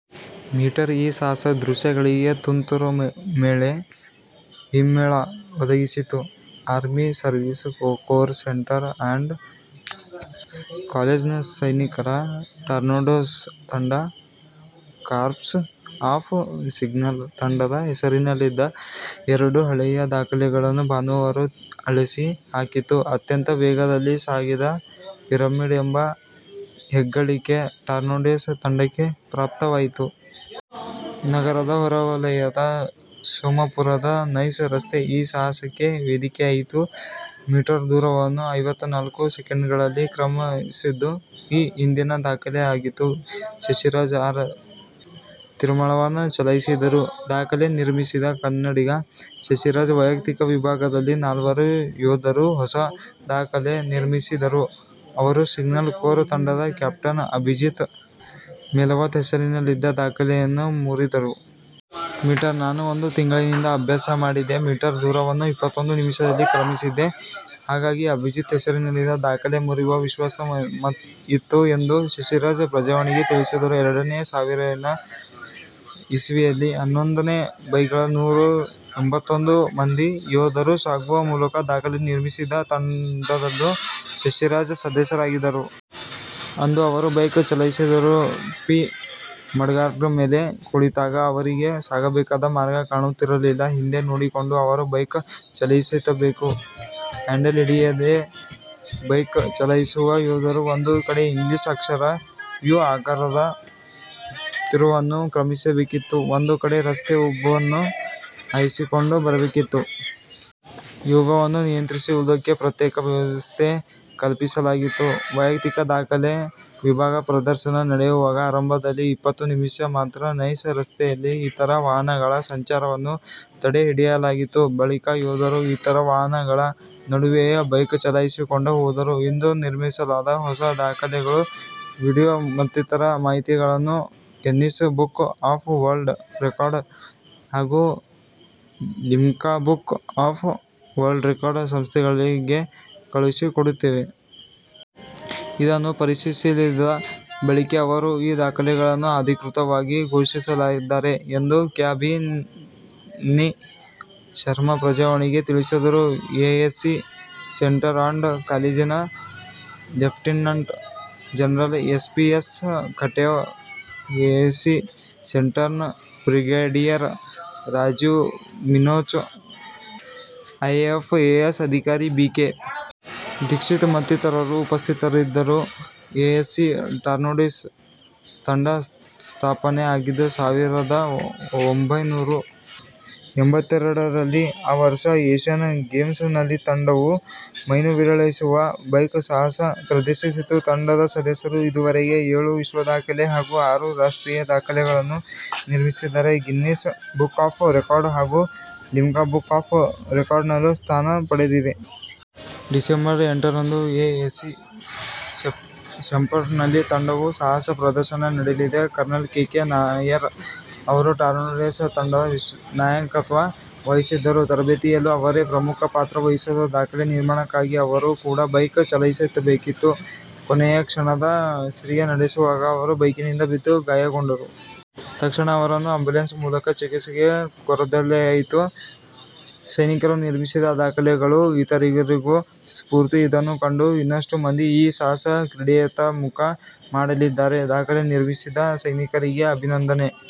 Metre ಈ ಸಾಹಸ ದೃಶ್ಯಗಳಿಗೆ ತುಂತುರು ಮಳೆ ಹಿಮ್ಮೇಳ ಒದಗಿಸಿತು. Army service corps centre and ಕಾಲೇಜ್ನ ಸೈನಿಕರ 'ಟಾರ್ನೆಡೋಸ್' ತಂಡ, 'ಕಾರ್ಪ್ಸ್ ಆಫ್ ಸಿಗ್ನಲ್ಸ್' ತಂಡದ ಹೆಸರಿನಲ್ಲಿದ್ದ ಎರಡು ಹಳೆಯ ದಾಖಲೆಗಳನ್ನು ಭಾನುವಾರ ಅಳಿಸಿ ಹಾಕಿತು. ಅತ್ಯಂತ ವೇಗದಲ್ಲಿ ಸಾಗಿದ ಪಿರಮಿಡ್ ಎಂಬ ಹೆಗ್ಗಳಿಕೆ ಟಾರ್ನೆಡೋಸ್ ತಂಡಕ್ಕೆ ಪ್ರಾಪ್ತವಾಯಿತು. ನಗರದ ಹೊರವಲಯದ ಸೋಮಪುರದ ನೈಸ್ ರಸ್ತೆ ಈ ಸಾಹಸಕ್ಕೆ ವೇದಿಕೆಯಾಯಿತು. ಮೀಟರ್ ದೂರವನ್ನು ಐವತ್ತನಾಲ್ಕು ಸೆಕೆಂಡ್ಗಳಲ್ಲಿ ಕ್ರಮಿಸಿದ್ದು ಈ ಹಿಂದಿನ ದಾಖಲೆ ಆಗಿತ್ತು. ಶಶಿರಾಜ, ಆರ್. ತಿರುಮಾಳವನ್ ಚಲಾಯಿಸಿದರು. ದಾಖಲೆ ನಿರ್ಮಿಸಿದ ಕನ್ನಡಿಗ ಶಶಿರಾಜ ವೈಯಕ್ತಿಕ ವಿಭಾಗದಲ್ಲಿ ನಾಲ್ವರು ಯೋಧರು ಹೊಸ ದಾಖಲೆ ನಿರ್ಮಿಸಿದರು. ಅವರು ಸಿಗ್ನಲ್ ಕೋರ್ ತಂಡದ ಕ್ಯಾಪ್ಟನ್ ಅಭಿಜಿತ್ ಮೆಲಾವತ್ ಹೆಸರಿನಲ್ಲಿದ್ದ ದಾಖಲೆಯನ್ನು ಮುರಿದರು. ಮೀಟರ್ 'ನಾನು ಒಂದು ತಿಂಗಳಿನಿಂದ ಅಭ್ಯಾಸ ಮಾಡಿದ್ದೆ. ಮೀಟರ್ ದೂರವನ್ನು ಇಪ್ಪತ್ತೊಂದು ನಿಮಿಷದಲ್ಲಿ ಕ್ರಮಿಸಿದ್ದೆ, ಹಾಗಾಗಿ ಅಭಿಜಿತ್ ಹೆಸರಿನಲ್ಲಿದ್ದ ದಾಖಲೆ ಮುರಿಯುವ ವಿಶ್ವಾಸ ಇತ್ತು ಎಂದು ಶಶಿರಾಜ 'ಪ್ರಜಾವಾಣಿ'ಗೆ ತಿಳಿಸಿದರು. ಎರಡು ಸಾವಿರನೇ ಇಸವಿಯಲ್ಲಿ ಹನ್ನೊಂದನೇ ಬೈಕ್ಗಳಲ್ಲಿ ನೂರ ಎಂಭತ್ತೊಂದು ಮಂದಿ ಯೋಧರು ಸಾಗುವ ಮೂಲಕ ದಾಖಲೆ ನಿರ್ಮಿಸಿದ ತಂಡದಲ್ಲೂ ಶಶಿರಾಜ ಸದಸ್ಯರಾಗಿದ್ದರು. ಅಂದು ಅವರೂ ಬೈಕ್ ಚಲಾಯಿಸಿದ್ದರು. ಪಿ. ಮಡ್ಗಾರ್ಡ್ ಮೇಲೆ ಕುಳಿತಾಗ ಅವರಿಗೆ ಸಾಗಬೇಕಾದ ಮಾರ್ಗ ಕಾಣುತ್ತಿರಲಿಲ್ಲ. ಹಿಂದೆ ನೋಡಿಕೊಂಡು ಅವರು ಬೈಕ್ ಚಲಾಯಿಸಬೇಕಿತ್ತು. ಹ್ಯಾಂಡಲ್ ಹಿಡಿಯದೆಯೇ ಬೈಕ್ ಚಲಾಯಿಸುವ ಯೋಧರು ಒಂದು ಕಡೆ ಇಂಗ್ಲಿಷ್ ಅಕ್ಷರ ಯೂ ಆಕಾರದ ತಿರುವನ್ನು ಕ್ರಮಿಸಬೇಕಿತ್ತು. ಒಂದು ಕಡೆ ರಸ್ತೆ ಉಬ್ಬನ್ನು ಹಾಯಿಸಿಕೊಂಡು ಬರಬೇಕಿತ್ತು. ವೇಗವನ್ನು ನಿಯಂತ್ರಿಸುವುದಕ್ಕೆ ಪ್ರತ್ಯೇಕ ವ್ಯವಸ್ಥೆ ಕಲ್ಪಿಸಲಾಗಿತ್ತು. ವೈಯಕ್ತಿಕ ದಾಖಲೆ ವಿಭಾಗದ ಪ್ರದರ್ಶನ ನಡೆಯುವಾಗ ಆರಂಭದಲ್ಲಿ ಇಪ್ಪತ್ತು ನಿಮಿಷ ಮಾತ್ರ ನೈಸ್ ರಸ್ತೆಯಲ್ಲಿ ಇತರ ವಾಹನಗಳ ಸಂಚಾರವನ್ನು ತಡೆ ಹಿಡಿಯಲಾಗಿತ್ತು. ಬಳಿಕ ಯೋಧರು ಇತರ ವಾಹನಗಳ ನಡುವೆಯೇ ಬೈಕ್ ಚಲಾಯಿಸಿಕೊಂಡು ಹೋದರು. 'ಇಂದು ನಿರ್ಮಿಸಲಾದ ಹೊಸ ದಾಖಲೆಗಳ ವಿಡಿಯೊ ಮತ್ತಿತರ ಮಾಹಿತಿಗಳನ್ನು Guinness book of world record ಹಾಗೂ Limca book of world record ಸಂಸ್ಥೆಗಳಿಗೆ ಕಳುಹಿಸಿಕೊಡುತ್ತೇವೆ. ಇದನ್ನು ಪರಿಶೀಲಿಸಿದ ಬಳಿಕ ಅವರು ಈ ದಾಖಲೆಗಳನ್ನು ಅಧಿಕೃತವಾಗಿ ಘೋಷಿಸಲಿದ್ದಾರೆ' ಎಂದು ಕ್ಯಾ. ಬನ್ನಿ ಶರ್ಮ 'ಪ್ರಜಾವಾಣಿ'ಗೆ ತಿಳಿಸಿದರು. ಎಎಸ್ಸಿ ಸೆಂಟರ್ ಅಂಡ್ ಕಾಲೇಜಿನ lieutenant general S. P. S Katewa, ASC ಸೆಂಟರ್ನ ಬ್ರಿಗೇಡಿಯರ್ ರಾಜೀವ್ ಮಿನೋಚ, ಐಎಫ್ಎಸ್ ಅಧಿಕಾರಿ ಬಿ. ಕೆ. ದೀಕ್ಷಿತ್ ಮತ್ತಿತರರು ಉಪಸ್ಥಿತರಿದ್ದರು. ಎಎಸ್ಸಿಯ ಟಾರ್ನೆಡೋಸ್ ತಂಡ ಸ್ಥಾಪನೆ ಆಗಿದ್ದು ಸಾವಿರದ ಒಂಭೈನೂರ ಎಂಭತ್ತೆರಡರಲ್ಲಿ. ಆ ವರ್ಷ ಏಷ್ಯನ್ ಗೇಮ್ಸ್ನಲ್ಲಿ ತಂಡವು ಮೈನವಿರೇಳಿಸುವ ಬೈಕ್ ಸಾಹಸ ಪ್ರದರ್ಶಿಸಿತ್ತು. ತಂಡದ ಸದಸ್ಯರು ಇದುವರೆಗೆ ಏಳು ವಿಶ್ವದಾಖಲೆ ಹಾಗೂ ಆರು ರಾಷ್ಟ್ರೀಯ ದಾಖಲೆಗಳನ್ನು ನಿರ್ಮಿಸಿದ್ದಾರೆ. ಗಿನ್ನಿಸ್ ಬುಕ್ ಆಫ್ ರೆಕಾರ್ಡ್ ಹಾಗೂ ಲಿಮ್ಕಾ ಬುಕ್ ಆಫ್ ರೆಕಾರ್ಡ್ನಲ್ಲೂ ಸ್ಥಾನ ಪಡೆದಿವೆ. ಡಿಸೆಂಬರ್ ಎಂಟರಂದು ಎ ಎಸ್ಸಿ ಸೆಂಟರ್ನಲ್ಲಿ ತಂಡವು ಸಾಹಸ ಪ್ರದರ್ಶನ ನೀಡಲಿದೆ. Colonel K. ಕೆ. ನಾಯರ್ ಅವರು ಟಾರ್ನೆಡೋಸ್ ತಂಡದ ನಾಯಕತ್ವ ವಹಿಸಿದ್ದರು. ತರಬೇತಿಯಲ್ಲೂ ಅವರೇ ಪ್ರಮುಖ ಪಾತ್ರ ವಹಿಸಿದ್ದರು. ದಾಖಲೆ ನಿರ್ಮಾಣಕ್ಕಾಗಿ ಅವರು ಕೂಡ ಬೈಕ್ ಚಲಾಯಿಸಬೇಕಿತ್ತು. ಕೊನೆಯ ಕ್ಷಣದ ಸಿದ್ಧತೆ ನಡೆಸುವಾಗ ಅವರು ಬೈಕಿನಿಂದ ಬಿದ್ದು ಗಾಯಗೊಂಡರು. ತಕ್ಷಣ ಅವರನ್ನು ಆಂಬುಲೆನ್ಸ್ ಮೂಲಕ ಚಿಕಿತ್ಸೆಗೆ ಕರೆದೊಯ್ಯಲಾಯಿತು. ಸೈನಿಕರು ನಿರ್ಮಿಸಿದ ದಾಖಲೆಗಳು ಇತರರಿಗೂ ಸ್ಫೂರ್ತಿ. ಇದನ್ನು ಕಂಡು ಇನ್ನಷ್ಟು ಮಂದಿ ಈ ಸಾಹಸ ಕ್ರೀಡೆಯತ್ತ ಮುಖ ಮಾಡಲಿದ್ದಾರೆ. ದಾಖಲೆ ನಿರ್ಮಿಸಿದ ಸೈನಿಕರಿಗೆ ಅಭಿನಂದನೆ